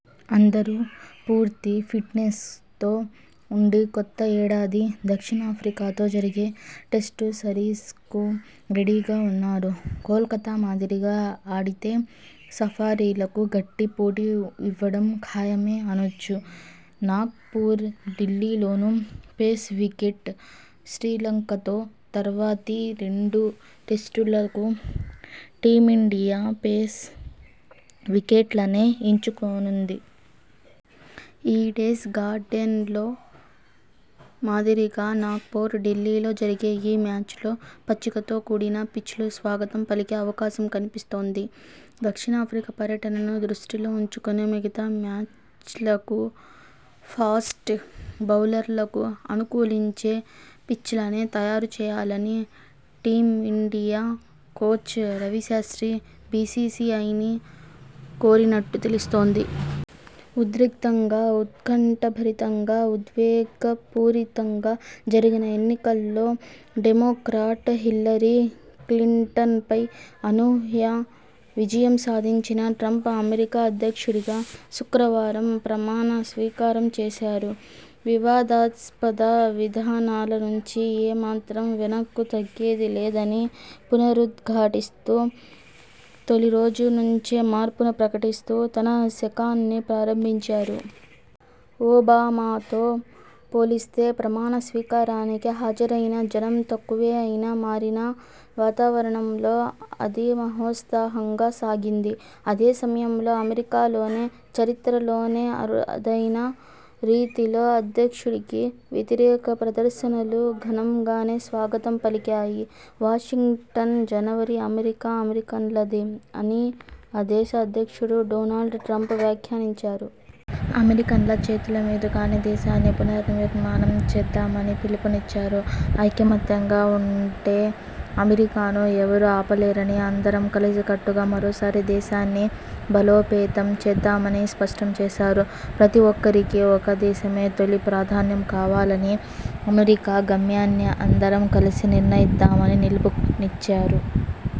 అందరూ పూర్తి ఫిట్నెస్తో ఉండి కొత్త ఏడాది దక్షిణాఫ్రికాతో జరిగే టెస్టు సిరీస్కు రెడీగా ఉన్నారు. కోల్కతా మాదిరిగా ఆడితే సఫారీలకు గట్టి పోటీ ఇవ్వడం ఖాయమే అనొచ్చు! నాగ్పూర్, ఢిల్లీలోనూ పేస్ వికెట్! శ్రీలంకతో తర్వాతి రెండు టెస్టుల కు టీమిండియా పేస్ వికెట్లనే ఎంచు కోనుంది. ఈడెస్ గార్డెన్స్లో మాదిరిగా నాగ్పూర్, ఢిల్లీలో జరిగే ఈ మ్యాచ్ల్లో పచ్చికతో కూడిన పిచ్లు స్వాగతం పలికే అవకాశం కనిపిస్తోంది. దక్షిణాఫ్రికా పర్యటనను దృష్టిలో ఉంచుకొని మిగతా మ్యాచ్లకూ ఫాస్ట్ బౌలర్లకు అనుకూలించే పిచ్లనే తయారు చేయాలని టీమిండియా కోచ్ రవిశాస్ర్తి బీసీసీఐని కోరినట్టు తెలుస్తోంది. ఉద్రిక్తంగా, ఉత్కంఠభరితంగా, ఉద్వేగపూరితంగా జరిగిన ఎన్నికల్లో డెమోక్రాట్ హిల్లరీ క్లింటన్పై అనూహ్య విజయం సాధించిన ట్రంప్ అమెరికా అధ్యక్షుడిగా శుక్రవారం ప్రమాణ స్వీకారం చేశారు. వివాదాస్పద విధానాల నుంచి ఏ మాత్రం వెనక్కు తగ్గేదిలేదని పునరుద్ఘాటిస్తూ తొలి రోజు నుంచే మార్పును ప్రకటిస్తూ తన శకాన్ని ప్రారంభించారు. ఒబామాతో పోలిస్తే ప్రమాణ స్వీకారానికి హాజరైన జనం తక్కువే అయినా మారిన వాతావరణంలో అది మహోత్సాహంగా సాగింది. అదే సమయంలో అమెరికాలోనే చరిత్రలోనే అరుదైన రీతిలో అధ్యక్షుడికి వ్యతిరేక ప్రదర్శనలూ 'ఘనంగానే' స్వాగతం పలికాయి. వాషింగ్టన్, జనవరి: అమెరికా అమెరికన్లదే అని ఆ దేశ అధ్యక్షుడు డొనాల్డ్ ట్రంప్ వ్యాఖ్యానించారు. అమెరికన్ల చేతుల మీదుగానే దేశాన్ని పునర్నిర్మాణం చేద్దామని పిలుపునిచ్చారు. ఐకమత్యంగా ఉంటే అమెరికాను ఎవరూ ఆపలేరని, అందరం కలిసికట్టుగా మరోసారి దేశాన్ని బలోపేతం చేద్దామని స్పష్టం చేశారు. ప్రతి ఒక్కరికీ ఇక దేశమే తొలి ప్రాధాన్యం కావాలని, అమెరికా గమ్యాన్ని అందరం కలిసి నిర్ణయిద్దామని పిలుపునిచ్చారు.